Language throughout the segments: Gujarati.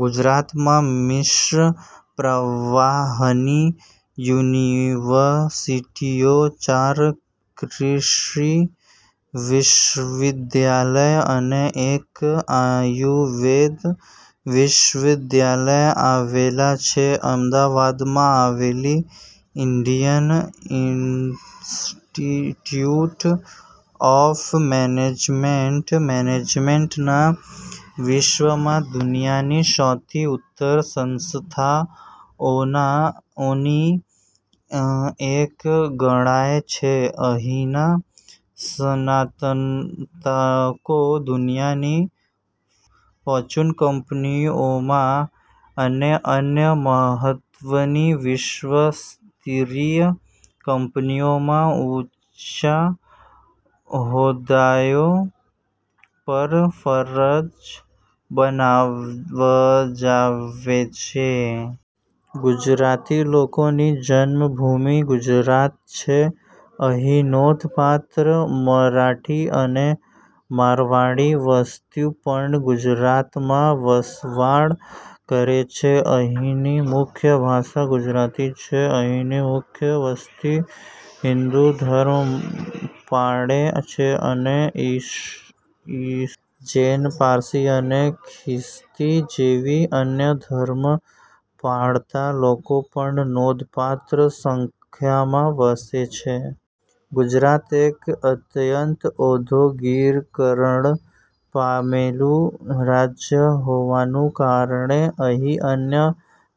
ગુજરાતમાં મિશ્ર પ્રવાહની યુનિવર્સિટીઓ, ચાર કૃષિ વિશ્વવિદ્યાલયો અને એક આયુર્વેદ વિશ્વવિદ્યાલય આવેલાં છે. અમદાવાદમાં આવેલી ઇન્ડિયન ઇન્સ્ટીટયુટ ઓફ મેનેજમેન્ટ મેનેજમેન્ટના વિષયમાં દુનિયાની સૌથી ઉત્તમ સંસ્થાઓમાંની એક ગણાય છે. અહીંના સ્નાતકો દુનિયાની ફોર્ચ્યુન કંપનીઓમાં અને અન્ય મહત્વની વિશ્વસ્તરીય કંપનીઓમાં ઊંચા હોદ્દાઓ પર ફરજ બજાવે છે. ગુજરાતી લોકોની જન્મભૂમિ ગુજરાત છે. અહીં નોંધપાત્ર મરાઠી અને મારવાડી વસ્તી પણ ગુજરાતમાં વસવાટ કરે છે. અહીંની મુખ્ય ભાષા ગુજરાતી છે. અહીંની મુખ્ય વસ્તી હિંદુ ધર્મ પાળે છે અને ઇસ્લામ, જૈન, પારસી અને ખ્રિસ્તી જેવા અન્ય ધર્મ પાળતા લોકો પણ નોંધપાત્ર સંખ્યામાં વસે છે. ગુજરાત એક અત્યંત ઔદ્યોગિકરણ પામેલું રાજ્ય હોવાના કારણે અહીં અન્ય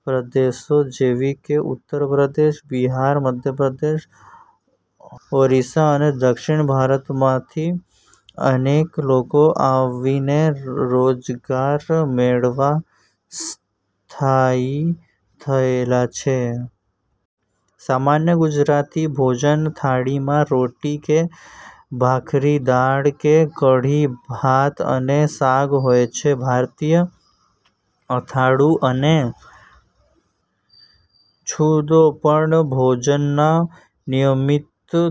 પ્રદેશો જેવાં કે ઉત્તર પ્રદેશ, બિહાર, મધ્ય પ્રદેશ, ઓરિસ્સા અને દક્ષિણ ભારતમાંથી અનેક લોકો આવીને રોજગાર મેળવવા સ્થાયી થયેલા છે. સામાન્ય ગુજરાતી ભોજન થાળીમાં રોટલી કે ભાખરી, દાળ કે કઢી, ભાત અને શાક હોય છે. ભારતીય અથાણું અને છુંદો પણ ભોજનમાં નિયમિતપણે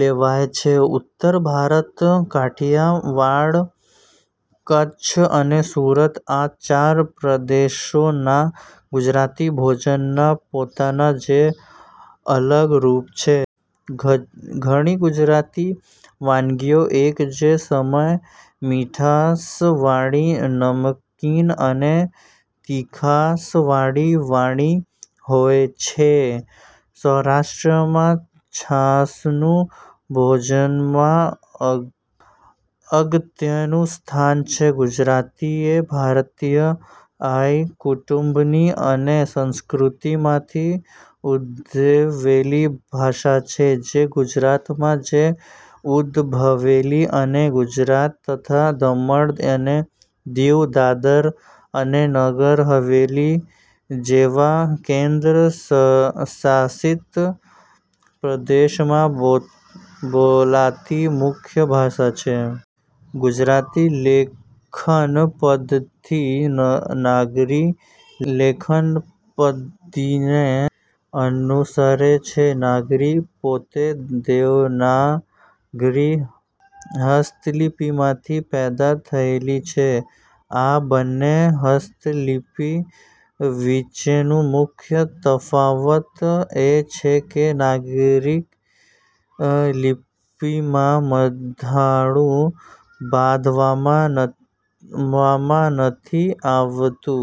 લેવાય છે. ઉત્તર ગુજરાત, કાઠીયાવાડ, કચ્છ અને સુરત આ ચાર પ્રદેશોનાં ગુજરાતી ભોજનના પોતાના જ અલગ રૂપ છે. ઘણી ગુજરાતી વાનગીઓ એક જ સમયે મિઠાસવાળી, નમકીન અને તીખાસવાળી વાળી હોય છે. સૌરાષ્ટ્રમાં છાસનું ભોજનમાં અગત્યનું સ્થાન છે. ગુજરાતી એ ભારતીય આર્ય કુટુંબની અને સંસ્કૃતમાંથી ઉદ્ભવેલી ભાષા છે, જે ગુજરાતમાં જ ઉદભવેલી અને ગુજરાત તથા દમણ અને દીવ, દાદરા અને નગર હવેલી જેવા કેન્દ્ર શાસિત પ્રદેશોમાં બોલાતી મુખ્ય ભાષા છે. ગુજરાતી લેખનપધ્ધતિ નાગરી લેખનપધ્ધતિને અનુસરે છે. નાગરી પોતે દેવનાગરી હસ્તલિપિમાંથી પેદા થયેલી છે, આ બંને હસ્તલિપિ વચ્ચેનું મુખ્ય તફાવત એ છે કે નાગરી લિપિમાં મથાળું બાંધવામાં નથી આવતું.